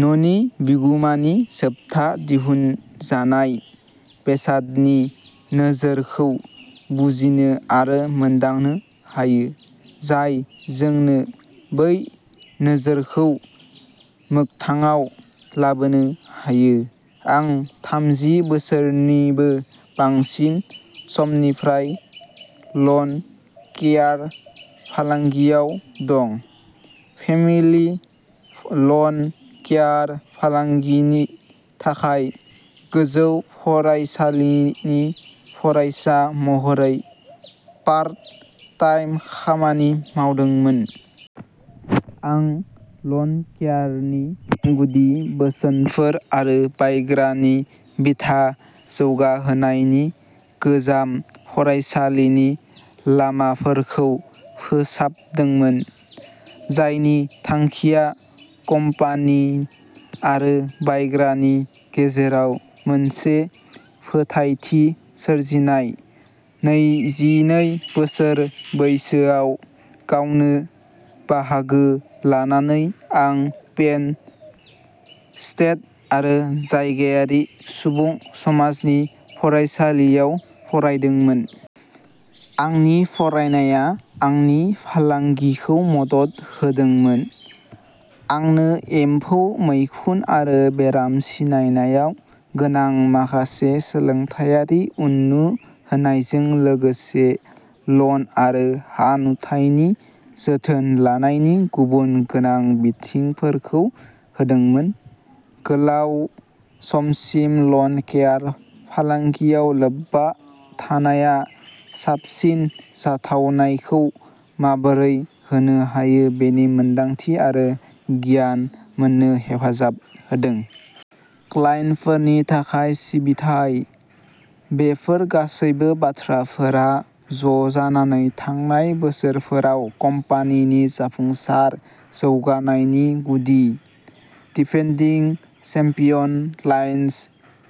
न'नि बिगुमानि जोबथा दिहुनजानाय बेसादनि नोजोरखौ बुजिनो आरो मोनदांनो हायो। जाय जोंनो बै नोजोरखौ मोगथाङाव लाबोनो हायो। आं थामजि बोसोरनिबो बांसिन समनिफ्राय लन केयार फालांगियाव दं। फेमिलि लन केयार फालांगिनि थाखाय गोजौ फरायसालिनि फरायसा महरै पार्ट टाइम खामानि मावदोंमोन। आं लन केयारनि गुदि बोसोनफोर आरो बायग्रानि बिथा जौगाहोनायनि गोजाम फरायसालिनि लामाफोरखौ फोसाबदोंमोन। जायनि थांखिया कम्पानि आरो बायग्रानि गेजेराव मोनसे फोथायथि सोरजिनाय। नैजिनै बोसोर बैसोआव गावनो बाहागो लानानै आं पेन स्टेट आरो जायगायारि सुबुं समाजनि फरायसालिमायाव फरायदोंमोन। आंनि फरायनाया आंनि फालांगिखौ मदद होदोंमोन। आंनो एम्फौ, मैखुन आरो बेराम सिनायनायाव गोनां माखासे सोलोंथायारि उननु होनायजों लोगोसे लन आरो हा नुथायनि जोथोन लानायनि गुबुन गोनां बिथिंफोरखौ होदोंमोन। गोलाव समसिम लन केयार फालांगियाव लोब्बा थानाया साबसिन जाथावनाखौ माबोरै होनो हायो बेनि मोनदांथि आरो गियान मोन्नो हेफाजाब होदों। क्लाइन्टफोरनि थाखाय सिबिथाइ। बेफोर गासैबो बाथ्राफोरा ज'जानानै थांनाय बोसोरफोराव कम्पानिनि जाफुंसार जौगानायनि गुदि। डिफेन्दिं चेम्पियन लायन्स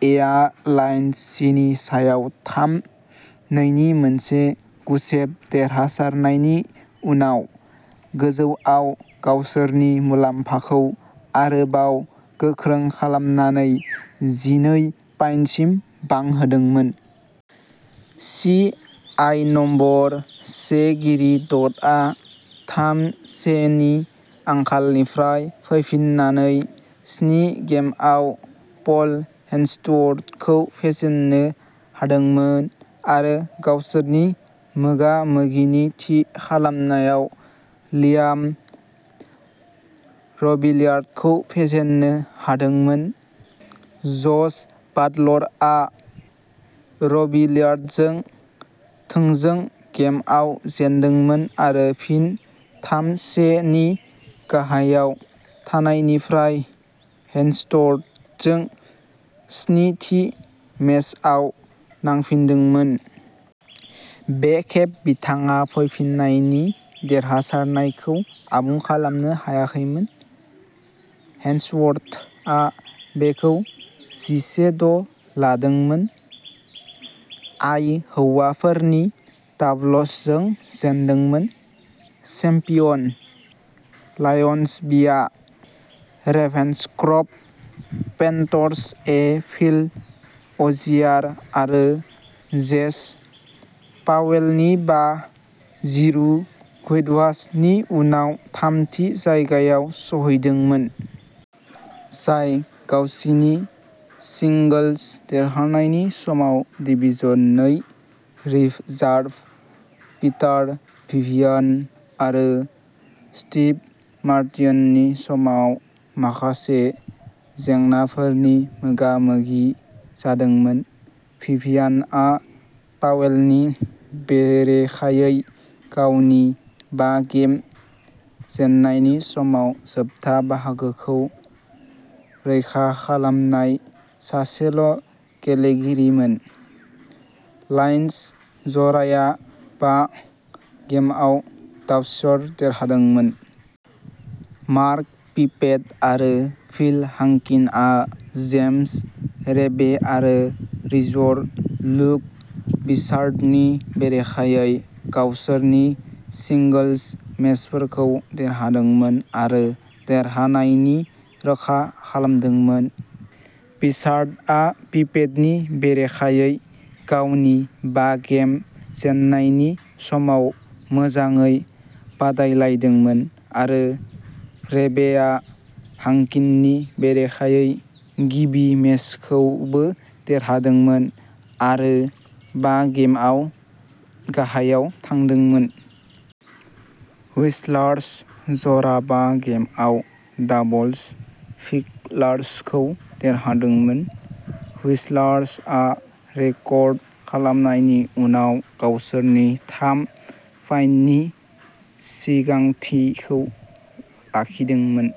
ए आ लायन्स सीनि सायाव थाम-नैनि मोनसे गुसेब देरहासारनायनि उनाव गोजौआव गावसोरनि मुलाम्फाखौ आरोबाव गोख्रों खालामनानै जिनै पइन्टसिम बांहोदोंमोन। सि आइ नम्बर से गेरि डडआ थाम सेनि आंखालनिफ्राय फैफिन्नानै स्नि गेमआव पल हेन्सवर्थखौ फेजेन्नो हादोंमोन आरो गावसोरनि मोगा-मोगिनि थि खालामनायाव लियाम रबिलियार्डखौ फेजेननो हादोंमोन। जश बाटलारआ र'बिलियार्डजों थोंजों गेमआव जेनदोंमोन आरो फिन थाम से नि गाहायाव थानायनिफ्राय हेन्सवर्थजों स्नि थि मेचआव नांफिनदोंमोन। बे खेब बिथाङा फैफिन्नायनि देरहासारनायखौ आबुं खालामनो हायाखैमोन। हेन्सवर्थआ बेखौ जिसे द’ लादोंमोन। आइ हौवाफोरनि डाबल्सजों जेनदोंमोन। चेम्पियन। लायन्स बिआ रेभेन्सक्रफ्ट पेन्थर्स ए फिल अजियार आरो जेज पावेलनि बा जिरु हुइटवाशनि उनाव थामथि जायगायाव सौहैदोंमोन। जाय गावसिनि सिंगोल्स देरहानायनि समाव डिवीजन नै रिजार्भ पिटार भिभियान आरो स्टीव मार्टिननि सायाव माखासे जेंनाफोरनि मोगा-मोगि जादोंमोन। भिभियानआ पावेलनि बेरेखायै गावनि बा गेम जेननायनि समाव जोबथा बाहागोखौ रैखा खालामनाय सासेल' गेलेगिरिमोन। लायन्स जराया बा गेमआव डाबल्स देरहादोंमोन। मार्क पिपेट आरो फिल हांकिनआ जेम्स रेबे आरो रिजर्व लुक बिचार्डनि बेरेखायै गावसोरनि सिंगोल्स मेचफोरखौ देरहादोंमोन आरो देरहानायनि रोखा खालामदोंमोन। बिचार्डआ पिपेटनि बेरेखायै गावनि बा गेम जेननायनि समाव मोजाङै बादायलायदोंमोन आरो रेबेआ हांकिननि बेरेखायै गिबि मेचखौबो देरहादोंमोन आरो बा गेमआव गाहायाव थांदोंमोन। हुइस्लार्स जराया बा गेमआव डाबल्स फिक्सारखौ देरहादोंमोन। हुइस्लार्स इआ रेकर्ड खालामनायनि उनाव गावसोरनि थाम पइन्टनि सिगांथिखौ लाखिदोंमोन।